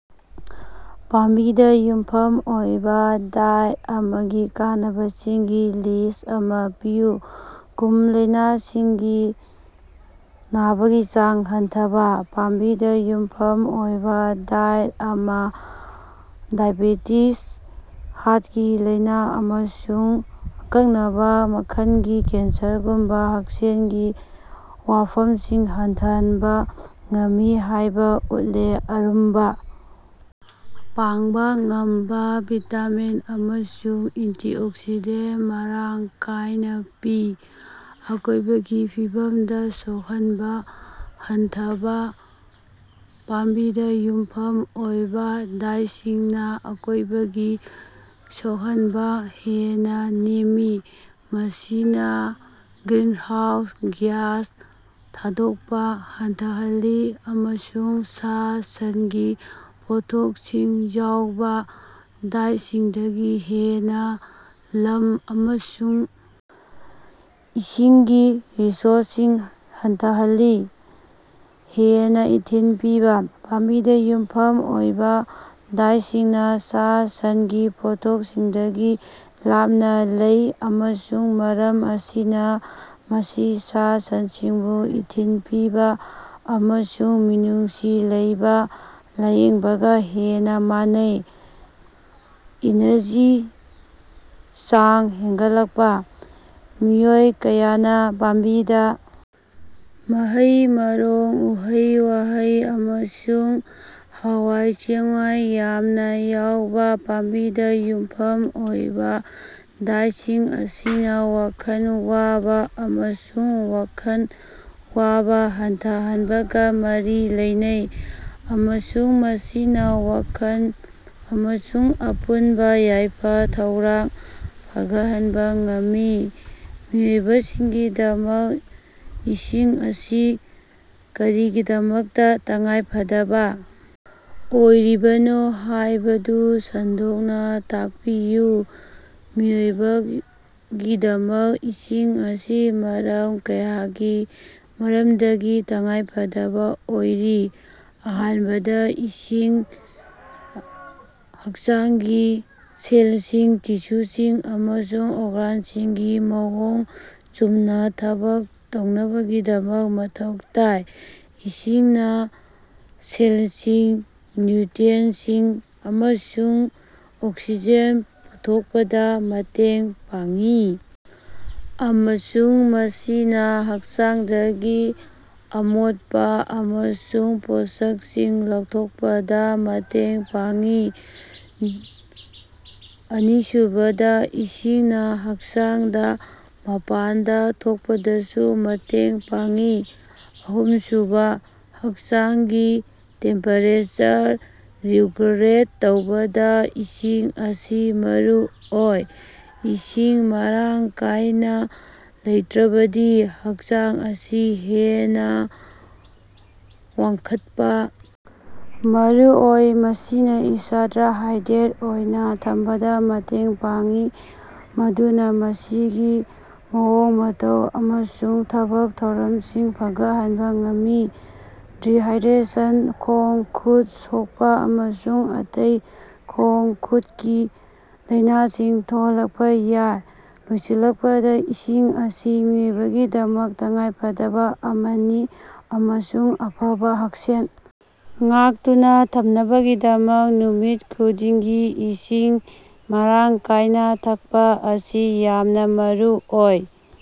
ꯄꯥꯝꯕꯤꯗ ꯌꯨꯝꯐꯝ ꯑꯣꯏꯕ ꯗꯥꯏꯠ ꯑꯃꯒꯤ ꯀꯥꯟꯅꯕꯁꯤꯡꯒꯤ ꯂꯤꯁ꯭ꯠ ꯑꯃ ꯄꯤꯌꯨ꯫ ꯀꯨꯝ ꯂꯢꯅꯥꯁꯤꯡꯒꯤ ꯅꯕꯒꯤ ꯆꯥꯡ ꯍꯟꯊꯕꯥ: ꯄꯥꯝꯕꯤꯗꯥ ꯌꯨꯝꯐꯝ ꯑꯣꯏꯕꯥ ꯗꯥꯏꯠ ꯑꯃꯅ ꯗꯥꯏꯑꯦꯕꯦꯇꯤꯖ, ꯍꯥꯔꯠꯀꯤ ꯂꯥꯢꯅ ꯑꯃꯁꯨꯡ ꯑꯀꯛꯅꯕ ꯃꯈꯜꯒꯤ ꯀꯦꯟꯁꯔꯒꯨꯝꯕ ꯍꯛꯁꯦꯜꯒꯤ ꯋꯥꯐꯝꯁꯤꯡ ꯍꯟꯊꯍꯟꯕ ꯉꯝꯃꯤ ꯍꯥꯢꯕ ꯎꯠꯂꯦ꯫ ꯑꯔꯨꯝꯕ ꯄꯥꯡꯕ ꯉꯝꯕ ꯚꯤꯇꯥꯃꯤꯟ ꯑꯃꯁꯨꯡ ꯑꯦꯟꯇꯤꯑꯣꯛꯁꯤꯗꯦꯟꯇ ꯃꯔꯥꯡ ꯀꯥꯢꯅ ꯄꯤ꯫ ꯑꯀꯣꯢꯕꯒꯤ ꯐꯤꯕꯝꯗ ꯁꯣꯛꯍꯟꯕꯥ ꯍꯟꯊꯕꯥ: ꯄꯥꯝꯕꯤꯗꯥ ꯌꯨꯝꯐꯝ ꯑꯣꯏꯕꯥ ꯗꯥꯏꯠꯁꯤꯡꯅ ꯑꯀꯣꯢꯕꯒꯤ ꯁꯣꯛꯍꯟꯕ ꯍꯦꯟꯅ ꯅꯦꯝꯃꯤ ꯃꯁꯤꯅꯥ ꯒ꯭ꯔꯤꯅꯍꯥꯎꯁ ꯒ꯭ꯌꯥꯁ ꯊꯥꯗꯣꯛꯄ ꯍꯟꯊꯍꯜꯂꯤ ꯑꯃꯁꯨꯡ ꯁꯥ-ꯁꯟꯒꯤ ꯄꯣꯠꯊꯣꯛꯁꯤꯡ ꯌꯥꯎꯕ ꯗꯥꯏꯠꯁꯤꯡꯗꯒꯤ ꯍꯦꯟꯅ ꯂꯝ ꯑꯃꯁꯨꯡ ꯏꯁꯤꯡꯒꯤ ꯔꯤꯁꯣꯔꯁꯁꯤꯡ ꯍꯟꯊꯍꯜꯂꯤ꯫ ꯍꯦꯟꯅꯥ ꯏꯊꯤꯜ ꯄꯤꯕꯥ: ꯄꯥꯝꯕꯤꯗ ꯌꯨꯝꯐꯝ ꯑꯣꯏꯕ ꯗꯥꯏꯇꯁꯤꯡꯅ ꯁꯥ-ꯁꯟꯒꯤ ꯄꯣꯠꯊꯣꯛꯁꯤꯡꯗꯒꯤ ꯂꯥꯞꯅꯥ ꯂꯩ ꯑꯃꯁꯨꯡ ꯃꯔꯝ ꯑꯁꯤꯅ ꯃꯁꯤ ꯁꯥ-ꯁꯟꯁꯤꯡꯕꯨ ꯏꯊꯤꯜ ꯄꯤꯕꯥ ꯑꯃꯁꯨꯡ ꯃꯤꯅꯨꯡꯁꯤ ꯂꯩꯕꯥ ꯂꯥꯌꯦꯡꯕꯒ ꯍꯦꯟꯅ ꯃꯥꯟꯅꯩ꯫ ꯑꯦꯅꯔꯖꯤ ꯆꯥꯡ ꯍꯦꯟꯒꯠꯂꯛꯄꯥ: ꯃꯤꯑꯣꯏ ꯀꯌꯥꯅꯥ ꯄꯥꯝꯕꯤꯗꯥ ꯃꯍꯩ-ꯃꯔꯣꯡ, ꯎꯍꯩ-ꯋꯥꯍꯩ ꯑꯃꯁꯨꯡ ꯍꯋꯥꯏ ꯆꯦꯡꯋꯥꯏ ꯌꯥꯝꯅ ꯌꯥꯎꯕ ꯄꯥꯝꯕꯤꯗ ꯌꯨꯝꯐꯝ ꯑꯣꯏꯕ ꯗꯥꯏꯠꯁꯤꯡ ꯑꯁꯤꯅ ꯋꯥꯈꯜ ꯋꯥꯕ ꯑꯃꯁꯨꯡ ꯋꯥꯈꯜ ꯋꯥꯕ ꯍꯟꯊꯍꯟꯕꯒ ꯃꯔꯤ ꯂꯩꯅꯩ ꯑꯃꯁꯨꯡ ꯃꯁꯤꯅ ꯋꯥꯈꯜ ꯑꯃꯁꯨꯡ ꯑꯄꯨꯟꯕ ꯌꯥꯏꯐ-ꯊꯧꯔꯥꯡ ꯐꯒꯠꯍꯟꯕ ꯉꯝꯃꯤ꯫ ꯃꯤꯑꯣꯏꯕꯁꯤꯡꯒꯤꯗꯃꯛ ꯏꯁꯤꯡ ꯑꯁꯤ ꯀꯔꯤꯒꯤꯗꯃꯛꯇꯥ ꯇꯉꯥꯏꯐꯗꯕꯥ ꯑꯣꯏꯔꯤꯕꯅꯣ ꯍꯥꯢꯕꯗꯨ ꯁꯟꯗꯣꯛꯅ ꯇꯥꯛꯄꯤꯌꯨ꯫ ꯃꯤꯑꯣꯏꯕꯒꯤꯗꯃꯛ ꯏꯁꯤꯡ ꯑꯁꯤ ꯃꯔꯝ ꯀꯌꯥꯒꯤ ꯃꯔꯝꯗꯒꯤ ꯇꯉꯥꯏꯐꯗꯕ ꯑꯣꯏꯔꯤ꯫ ꯑꯍꯥꯟꯕꯗ ꯃꯁꯤ ꯍꯛꯆꯥꯡꯒꯤ ꯁꯦꯜꯁꯤꯡ, ꯇꯤꯁꯨꯁꯤꯡ ꯑꯃꯁꯨꯡ ꯑꯣꯔꯒꯥꯟꯁꯤꯡꯒꯤ ꯃꯑꯣꯡ ꯆꯨꯝꯅ ꯊꯕꯛ ꯇꯧꯅꯕꯒꯤꯗꯃꯛ ꯃꯊꯧ ꯇꯥꯏ꯫ ꯏꯁꯤꯡꯅ ꯁꯦꯜꯁꯤꯡꯗ ꯅ꯭ꯌꯨꯇ꯭ꯔꯤꯑꯦꯟꯠꯁꯤꯡ ꯑꯃꯁꯨꯡ ꯑꯣꯛꯁꯤꯖꯦꯟ ꯄꯨꯊꯣꯛꯄꯗ ꯃꯇꯦꯡ ꯄꯥꯡꯏ ꯑꯃꯁꯨꯡ ꯃꯁꯤꯅ ꯍꯛꯆꯥꯡꯗꯒꯤ ꯑꯃꯣꯠꯄ ꯑꯃꯁꯨꯡ ꯄꯣꯠꯁꯛꯁꯤꯡ ꯂꯧꯊꯣꯛꯄꯗ ꯃꯇꯦꯡ ꯄꯥꯡꯏ꯫ ꯑꯅꯤꯁꯨꯕꯗ ꯏꯁꯤꯡꯅ ꯍꯛꯆꯥꯡꯗ ꯃꯄꯥꯟꯗ ꯊꯣꯛꯄꯗꯁꯨ ꯃꯇꯦꯡ ꯄꯥꯡꯢ ꯫ ꯑꯍꯨꯝꯁꯨꯕ ꯍꯛꯆꯥꯡꯒꯤ ꯇꯦꯝꯄꯦꯔꯦꯆꯔ ꯔꯤꯒꯨꯂꯦꯠ ꯇꯧꯕꯗ ꯏꯁꯤꯡ ꯑꯁꯤ ꯃꯔꯨꯑꯣꯏ꯫ ꯏꯁꯤꯡ ꯃꯔꯥꯡ ꯀꯥꯢꯅ ꯂꯩꯇ꯭ꯔꯕꯗꯤ ꯍꯛꯆꯥꯡ ꯑꯁꯤ ꯍꯦꯟꯅ ꯋꯥꯡꯈꯠꯄ ꯃꯔꯨꯑꯣꯏ꯫ ꯃꯁꯤꯅ ꯏꯁꯥꯗ ꯍꯥꯏꯗ꯭ꯔꯦꯠ ꯑꯣꯏꯅ ꯊꯝꯕꯗ ꯃꯇꯦꯡ ꯄꯥꯡꯏ ꯃꯗꯨꯅ ꯃꯁꯤꯒꯤ ꯃꯑꯣꯡ-ꯃꯇꯧ ꯑꯃꯁꯨꯡ ꯊꯕꯛ-ꯊꯧꯔꯝꯁꯤꯡ ꯐꯒꯠꯍꯟꯕꯥ ꯉꯝꯃꯤ꯫ ꯗꯤꯍꯥꯢꯗ꯭ꯔꯦꯁꯟ ꯈꯣꯡ-ꯈꯨꯠ ꯁꯣꯛꯄꯥ ꯑꯃꯁꯨꯡ ꯑꯇꯩ ꯈꯣꯡ-ꯈꯨꯠꯀꯤ ꯂꯩꯅꯁꯤꯡ ꯊꯣꯛꯍꯜꯂꯛꯄꯥ ꯌꯥꯏ꯫ ꯂꯣꯏꯁꯤꯜꯂꯛꯄꯗ ꯏꯁꯤꯡ ꯑꯁꯤ ꯃꯤꯑꯣꯏꯕꯒꯤꯗꯃꯛ ꯇꯉꯥꯏꯐꯗꯕ ꯑꯃꯅꯤ ꯑꯃꯁꯨꯡ ꯑꯐꯕꯥ ꯍꯛꯁꯦꯜ ꯉꯥꯛꯇꯨꯅ ꯊꯝꯅꯕꯒꯤꯗꯃꯛ ꯅꯨꯃꯤꯠ ꯈꯨꯗꯤꯡꯒꯤ ꯏꯁꯤꯡ ꯃꯔꯥꯡ ꯀꯥꯢꯅꯥ ꯊꯛꯄ ꯑꯁꯤ ꯌꯥꯝꯅꯥ ꯃꯔꯨꯑꯣꯏ꯫